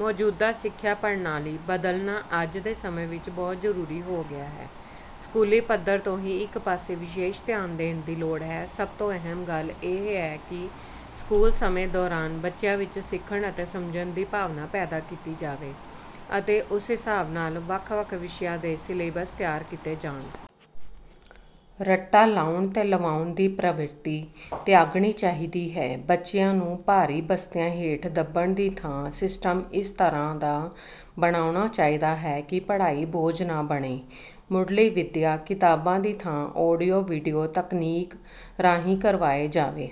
ਮੌਜੂਦਾ ਸਿੱਖਿਆ ਪ੍ਰਣਾਲੀ ਬਦਲਣਾ ਅੱਜ ਦੇ ਸਮੇਂ ਵਿੱਚ ਬਹੁਤ ਜ਼ਰੂਰੀ ਹੋ ਗਿਆ ਹੈ। ਸਕੂਲੀ ਪੱਧਰ ਤੋਂ ਹੀ ਇਸ ਪਾਸੇ ਵਿਸ਼ੇਸ਼ ਧਿਆਨ ਦੇਣ ਦੀ ਲੋੜ ਹੈ। ਸਭ ਤੋਂ ਅਹਿਮ ਗੱਲ ਇਹ ਹੈ ਕਿ ਸਕੂਲ ਸਮੇਂ ਦੌਰਾਨ ਬੱਚਿਆਂ ਵਿੱਚ ਸਿੱਖਣ ਅਤੇ ਸਮਝਣ ਦੀ ਭਾਵਨਾ ਪੈਦਾ ਕੀਤੀ ਜਾਵੇ ਅਤੇ ਉਸ ਹਿਸਾਬ ਨਾਲ ਹੀ ਵੱਖ ਵੱਖ ਵਿਸ਼ਿਆਂ ਦੇ ਸਿਲੇਬਸ ਤਿਆਰ ਕੀਤੇ ਜਾਣ। ਰੱਟਾ ਲਾਉਣ ਲਵਾਉਣ ਦੀ ਪ੍ਰਵਿਰਤੀ ਤਿਆਗਣੀ ਚਾਹੀਦੀ ਹੈ। ਬੱਚਿਆਂ ਨੂੰ ਭਾਰੀ ਬਸਤਿਆਂ ਹੇਠ ਦੱਬਣ ਦੀ ਥਾਂ ਸਿਸਟਮ ਇਸ ਤਰ੍ਹਾਂ ਦਾ ਬਣਾਉਣਾ ਚਾਹੀਦਾ ਹੈ ਕਿ ਪੜ੍ਹਾਈ ਬੋਝ ਨਾ ਬਣੇ। ਮੁੱਢਲੀ ਵਿੱਦਿਆ ਕਿਤਾਬਾਂ ਦੀ ਥਾਂ ਆਡੀਓ ਵੀਡੀਓ ਤਕਨੀਕ ਰਾਹੀਂ ਕਰਵਾਈ ਜਾਵੇ।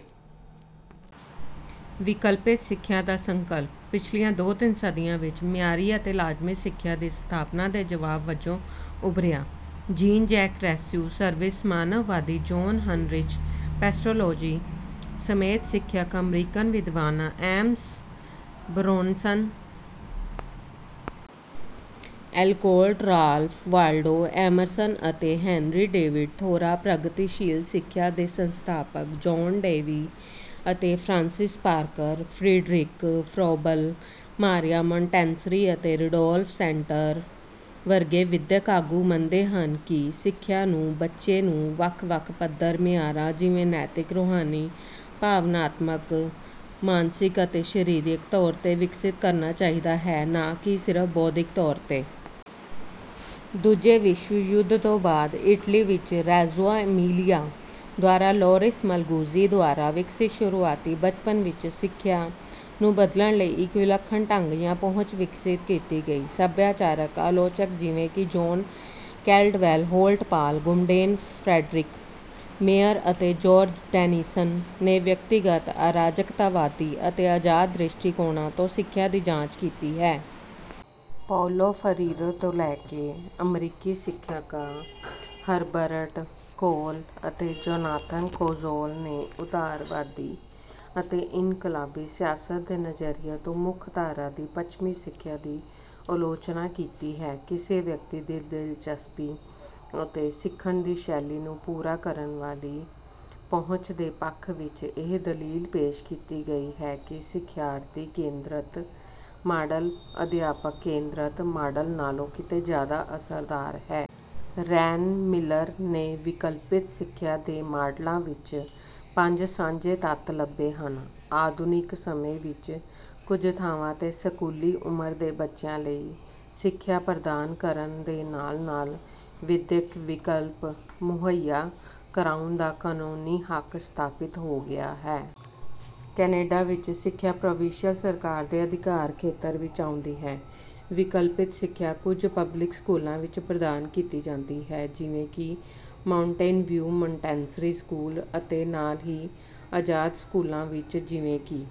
ਵਿਕਲਪਿਤ ਸਿੱਖਿਆ ਦਾ ਸੰਕਲਪ ਪਿਛਲੀਆਂ ਦੋ ਤਿੰਨ ਸਦੀਆਂ ਵਿੱਚ ਮਿਆਰੀ ਅਤੇ ਲਾਜ਼ਮੀ ਸਿੱਖਿਆ ਦੀ ਸਥਾਪਨਾ ਦੇ ਜਵਾਬ ਵਜੋਂ ਉੱਭਰਿਆ। ਜੀਨ ਜੈਕ ਰੋਸੇਯੂ ਸਵਿੱਸ ਮਾਨਵਵਾਦੀ ਜੋਹਨ ਹਨਰਿਚ ਪੈਸਟੋਲੋਜ਼ੀ ਸਮੇਤ ਸਿੱਖਿਅਕ ਅਮਰੀਕਨ ਵਿਦਵਾਨਾਂ Amos Bronson Alcott Ralph Waldo Emerson ਅਤੇ ਹੈਨਰੀ ਡੇਵਿਡ ਥੋਰਾ ਪ੍ਰਗਤੀਸ਼ੀਲ ਸਿੱਖਿਆ ਦੇ ਸੰਸਥਾਪਕ ਜੌਹਨ ਡੇਵੀ ਅਤੇ ਫਰਾਂਸਿਸ ਪਾਰਕਰ ਅਤੇ ਫਰੀਡਰਿਕ ਫਰੋਬਲ ਮਾਰੀਆ ਮੋਂਟੇਸਰੀ ਅਤੇ ਰੁਡੌਲਫ ਸਟੈਨਰ ਵਰਗੇ ਵਿੱਦਿਅਕ ਆਗੂ ਮੰਨਦੇ ਹਨ ਕਿ ਸਿੱਖਿਆ ਨੂੰ ਬੱਚੇ ਨੂੰ ਵੱਖ ਵੱਖ ਪੱਧਰ ਮਿਆਰਾਂ ਜਿਵੇਂ ਨੈਤਿਕ ਰੂਹਾਨੀ ਭਾਵਨਾਤਮਕ ਮਾਨਸਿਕ ਅਤੇ ਸਰੀਰਕ ਤੌਰ ਤੇ ਵਿਕਸਿਤ ਕਰਨਾ ਚਾਹੀਦਾ ਹੈ ਨਾ ਕਿ ਸਿਰਫ ਬੌਧਿਕ ਤੌਰ ਤੇ। ਦੂਜੇ ਵਿਸ਼ਵ ਯੁੱਧ ਤੋਂ ਬਾਅਦ ਇਟਲੀ ਵਿੱਚ ਰੈਜੂਓ ਏਮੀਲਿਆ ਦੁਆਰਾ ਲੋਰਿਸ ਮਲਗੁਜੀ ਦੁਆਰਾ ਵਿਕਸਿਤ ਸ਼ੁਰੂਆਤੀ ਬਚਪਨ ਵਿੱਚ ਸਿੱਖਿਆ ਨੂੰ ਬਦਲਣ ਲਈ ਇੱਕ ਵਿਲੱਖਣ ਢੰਗ ਜਾਂ ਪਹੁੰਚ ਵਿਕਸਿਤ ਕੀਤੀ ਗਈ। ਸੱਭਿਆਚਾਰਕ ਆਲੋਚਕ ਜਿਵੇਂ ਕਿ John Caldwell Holt Paul Goodman Frederick Mayer ਅਤੇ ਜੌਰਜ ਡੇਨੀਸਨ ਨੇ ਵਿਅਕਤੀਗਤ ਅਰਾਜਕਤਾਵਾਦੀ ਅਤੇ ਆਜ਼ਾਦ ਦ੍ਰਿਸ਼ਟੀਕੋਣਾਂ ਤੋਂ ਸਿੱਖਿਆ ਦੀ ਜਾਂਚ ਕੀਤੀ ਹੈ। ਪਾਓਲੋ ਫਰੀਰੇ ਤੋਂ ਲੈ ਕੇ ਅਮਰੀਕੀ ਸਿੱਖਿਅਕਾਂ ਹਰਬਰਟ ਕੋਲ ਅਤੇ ਜੋਨਾਥਨ ਕੋਜ਼ੋਲ ਨੇ ਉਦਾਰਵਾਦੀ ਅਤੇ ਇਨਕਲਾਬੀ ਸਿਆਸਤ ਦੇ ਨਜ਼ਰੀਏ ਤੋਂ ਮੁੱਖ ਧਾਰਾ ਦੀ ਪੱਛਮੀ ਸਿੱਖਿਆ ਦੀ ਆਲੋਚਨਾ ਕੀਤੀ ਹੈ। ਕਿਸੇ ਵਿਅਕਤੀ ਦੀ ਦਿਲਚਸਪੀ ਅਤੇ ਸਿੱਖਣ ਦੀ ਸ਼ੈਲੀ ਨੂੰ ਪੂਰਾ ਕਰਨ ਵਾਲੀ ਪਹੁੰਚ ਦੇ ਪੱਖ ਵਿੱਚ ਇਹ ਦਲੀਲ ਪੇਸ਼ ਕੀਤੀ ਗਈ ਹੈ ਕਿ ਸਿਖਿਆਰਥੀ ਕੇਂਦਰਤ ਮਾਡਲ ਅਧਿਆਪਕ ਕੇਂਦਰਤ ਮਾਡਲ ਨਾਲੋਂ ਕਿਤੇ ਜਿਆਦਾ ਅਸਰਦਾਰ ਹੈ। ਰੈਨ ਮਿਲਰ ਨੇ ਵਿਕਲਪਿਤ ਸਿੱਖਿਆ ਦੇ ਮਾਡਲਾਂ ਵਿੱਚ ਪੰਜ ਸਾਂਝੇ ਤੱਤ ਲੱਭੇ ਹਨ। ਆਧੁਨਿਕ ਸਮੇਂ ਵਿੱਚ ਕੁਝ ਥਾਵਾਂ ਤੇ ਸਕੂਲੀ ਉਮਰ ਦੇ ਬੱਚਿਆਂ ਲਈ ਸਿੱਖਿਆ ਪ੍ਰਦਾਨ ਕਰਨ ਦੇ ਨਾਲ ਨਾਲ ਵਿੱਦਿਅਕ ਵਿਕਲਪ ਮੁਹੱਈਆ ਕਰਾਉਣ ਦਾ ਕਾਨੂੰਨੀ ਹੱਕ ਸਥਾਪਿਤ ਹੋ ਗਿਆ ਹੈ। ਕੈਨੇਡਾ ਵਿੱਚ ਸਿੱਖਿਆ ਪ੍ਰੋਵਿੰਸ਼ੀਅਲ ਸਰਕਾਰ ਦੇ ਅਧਿਕਾਰ ਖੇਤਰ ਵਿੱਚ ਆਉਂਦੀ ਹੈ। ਵਿਕਲਪਿਤ ਸਿੱਖਿਆ ਕੁਝ ਪਬਲਿਕ ਸਕੂਲਾਂ ਵਿੱਚ ਪ੍ਰਦਾਨ ਕੀਤੀ ਜਾਂਦੀ ਹੈ ਜਿਵੇਂ ਕਿ ਮਾਉਂਟੇਨਵਿਉ ਮੌਂਟਸਰੀ ਸਕੂਲ ਅਤੇ ਨਾਲ ਹੀ ਆਜ਼ਾਦ ਸਕੂਲਾਂ ਵਿੱਚ ਜਿਵੇਂ ਕਿ